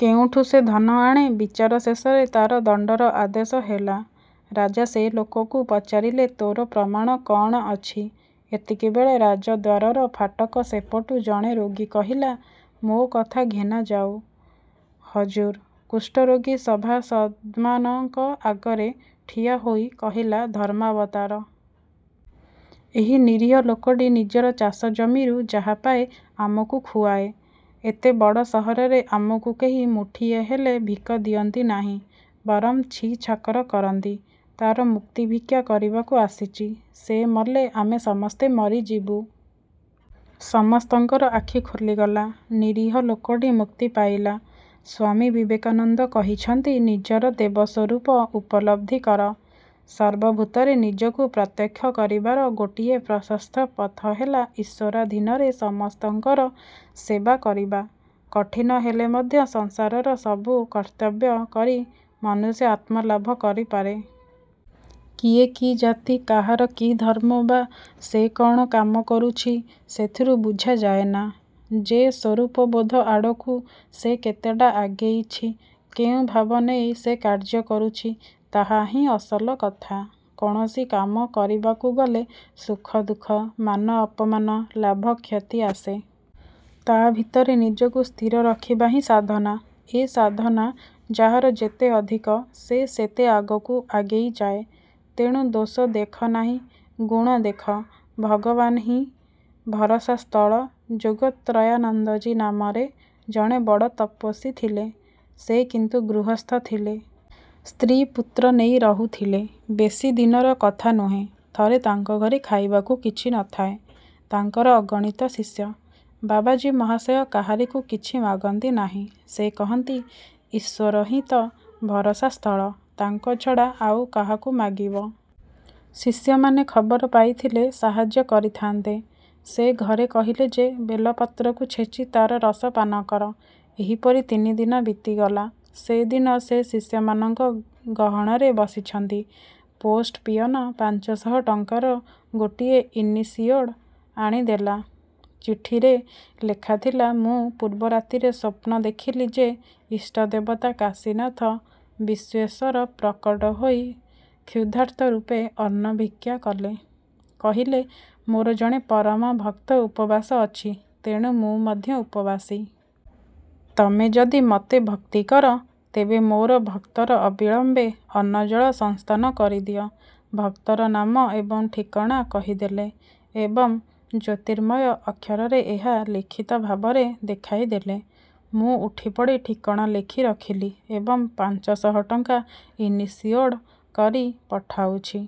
କେଉଁଠୁ ସେ ଧନ ଆଣେ? ବିଚାର ଶେଷରେ ତା'ର ଦଣ୍ଡର ଆଦେଶ ହେଲା। ରାଜା ସେ ଲୋକକୁ ପଚାରିଲେ, ''ତୋର ପ୍ରମାଣ କ'ଣ ଅଛି? '' ଏତିକିବେଳେ ରାଜଦ୍ୱାରର ଫାଟକ ସେପଟୁ ଜଣେ ରୋଗୀ କହିଲା-'ମୋ କଥା ଘେନାଯାଉ, ହଜୁର। ' କୁଷ୍ଠରୋଗୀ ସଭାସଦ୍ମାନଙ୍କ ଆଗରେ ଠିଆ ହୋଇ କହିଲା-''ଧର୍ମାବତାର! ଏହି ନିରୀହ ଲୋକଟି ନିଜର ଚାଷ ଜମିରୁ ଯାହା ପାଏ, ଆମକୁ ଖୁଆଏ। ଏତେ ବଡ଼ ସହରରେ ଆମକୁ କେହି ମୁଠିଏ ହେଲେ ଭିକ ଦିଅନ୍ତି ନାହିଁ, ବରଂ ଛି-ଛାକର କରନ୍ତି। ତା'ର ମୁକ୍ତି ଭିକ୍ଷା କରିବାକୁ ଆସିଛି। ସେ ମଲେ ଆମେ ସମସ୍ତେ ମରିଯିବୁ। '' ସମସ୍ତଙ୍କର ଆଖି ଖୋଲିଗଲା। ନିରୀହ ଲୋକଟି ମୁକ୍ତି ପାଇଲା। ସ୍ୱାମୀ ବିବେକାନନ୍ଦ କହିଛନ୍ତି-ନିଜର ଦେବସ୍ୱରୂପ ଉପଲବ୍ଧି କର। ସର୍ବଭୂତରେ ନିଜକୁ ପ୍ରତ୍ୟକ୍ଷ କରିବାର ଗୋଟିଏ ପ୍ରଶସ୍ତ ପଥ ହେଲା ଈଶ୍ୱରାଧୀନରେ ସମସ୍ତଙ୍କର ସେବା କରିବା। କଠିନ ହେଲେ ମଧ୍ୟ ସଂସାରର ସବୁ କର୍ତ୍ତବ୍ୟ କରି ମନୁଷ୍ୟ ଆତ୍ମଲାଭ କରିପାରେ। କିଏ କି ଜାତି, କାହାର କି ଧର୍ମ ବା ସେ କ'ଣ କାମ କରୁଛି, ସେଥିରୁ ବୁଝାଯାଏନା ଯେ ସ୍ୱରୂପବୋଧ ଆଡ଼କୁ ସେ କେତେଟା ଆଗେଇଛି? କେଉଁ ଭାବ ନେଇ ସେ କାର୍ଯ୍ୟ କରୁଛି, ତାହାହିଁ ଅସଲ କଥା-। କୌଣସି କାମ କରିବାକୁ ଗଲେ ସୁଖ-ଦୁଃଖ, ମାନ-ଅପମାନ; ଲାଭ-କ୍ଷତି ଆସେ। ତା' ଭିତରେ ନିଜକୁ ସ୍ଥିର ରଖିବା ହିଁ ସାଧନା। ଏ ସାଧନା ଯାହାର ଯେତେ ଅଧିକ ସେ ସେତେ ଆଗକୁ ଆଗେଇ ଯାଏ। ତେଣୁ ଦୋଷ ଦେଖ ନାହିଁ, ଗୁଣ ଦେଖ। ଭଗବାନହିଁ ଭରସା ସ୍ଥଳ ଯୋଗତ୍ରୟାନନ୍ଦଜୀ ନାମରେ ଜଣେ ବଡ଼ ତପସ୍ୱୀ ଥିଲେ। ସେ କିନ୍ତୁ ଗୃହସ୍ଥ ଥିଲେ। ସ୍ତ୍ରୀ ପୁତ୍ର ନେଇ ରହୁଥିଲେ। ବେଶୀ ଦିନର କଥା ନୁହେଁ। ଥରେ ତାଙ୍କଘରେ ଖାଇବାକୁ କିଛି ନ ଥାଏ। ତାଙ୍କର ଅଗଣିତ ଶିଷ୍ୟ। ବାବାଜୀ ମହାଶୟ କାହାରିକୁ କିଛି ମାଗନ୍ତି ନାହିଁ। ସେ କହନ୍ତି, ଈଶ୍ୱରହିଁ ତ ଭରସା ସ୍ଥଳ, ତାଙ୍କ ଛଡ଼ା ଆଉ କାହାକୁ ମାଗିବ? ଶିଷ୍ୟମାନେ ଖବର ପାଇଥିଲେ ସାହାଯ୍ୟ କରିଥାନ୍ତେ। ସେ ଘରେ କହିଲେ ଯେ ବେଲପତ୍ରକୁ ଛେଚି ତାର ରସ ପାନ କର। ଏହିପରି ତିନିଦିନ ବିତିଗଲା। ସେ ଦିନ ସେ ଶିଷ୍ୟମାନଙ୍କ ଗହଣରେ ବସିଛନ୍ତି, ପୋଷ୍ଟ ପିଅନ ପାଞ୍ଚଶହ ଟଙ୍କାର ଗୋଟିଏ ଇନିସିଓର୍ଡ଼ ଆଣି ଦେଲା। ଚିଠିରେ ଲେଖାଥିଲା-ମୁଁ ପୂର୍ବ ରାତିରେ ସ୍ୱପ୍ନ ଦେଖିଲି ଯେ ଇଷ୍ଟଦେବତା କାଶୀନାଥ ବିଶ୍ୱେଶ୍ୱର ପ୍ରକଟ ହୋଇ କ୍ଷୁଧାର୍ତ୍ତ ରୂପେ ଅନ୍ନ ଭିକ୍ଷା କଲେ ଏବଂ କହିଲେ, 'ମୋର ଜଣେ ପରମ ଭକ୍ତ ଉପବାସ ଅଛି, ତେଣୁ ମୁଁ ମଧ୍ୟ ଉପବାସୀ। ତମେ ଯଦି ମୋତେ ଭକ୍ତି କର, ତେବେ ମୋର ଭକ୍ତର ଅବିଳମ୍ବେ ଅନ୍ନଜଳ ସଂସ୍ଥାନ କରିଦିଅ। ' ଭକ୍ତର ନାମ ଏବଂ ଠିକଣା କହିଦେଲେ ଏବଂ ଜ୍ୟୋତିର୍ମୟ ଅକ୍ଷରରେ ଏହା ଲିଖିତ ଭାବରେ ଦେଖାଇ ଦେଲେ-। ମୁଁ ଉଠିପଡ଼ି ଠିକଣା ଲେଖି ରଖିଲି ଏବଂ ପାଞ୍ଚଶହ ଟଙ୍କା ଇନସିଓର୍ଡ କରି ପଠାଉଛି।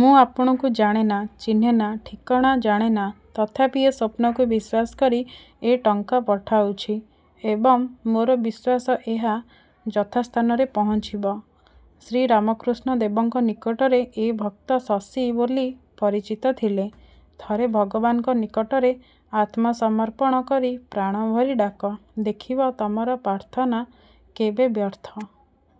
ମୁଁ ଆପଣଙ୍କୁ ଜାଣେନା, ଚିହ୍ନେନା, ଠିକଣା ଜାଣେନା, ତଥାପି ଏ ସ୍ୱପ୍ନକୁ ବିଶ୍ୱାସ କରି ଏ ଟଙ୍କା ପଠାଉଛି ଏବଂ ମୋର ବିଶ୍ୱାସ ଏହା ଯଥାସ୍ଥାନରେ ପହଞ୍ଚିବ। ଶ୍ରୀରାମକୃଷ୍ଣ ଦେବଙ୍କ ନିକଟରେ ଏ ଭକ୍ତ 'ଶଶୀ' ବୋଲି ପରିଚିତ ଥିଲେ। ଥରେ ଭଗବାନଙ୍କ ନିକଟରେ ଆତ୍ମସମର୍ପଣ କରି ପ୍ରାଣଭରି ଡାକ; ଦେଖିବ ତମର ପ୍ରାର୍ଥନା କେବେ ବ୍ୟର୍ଥ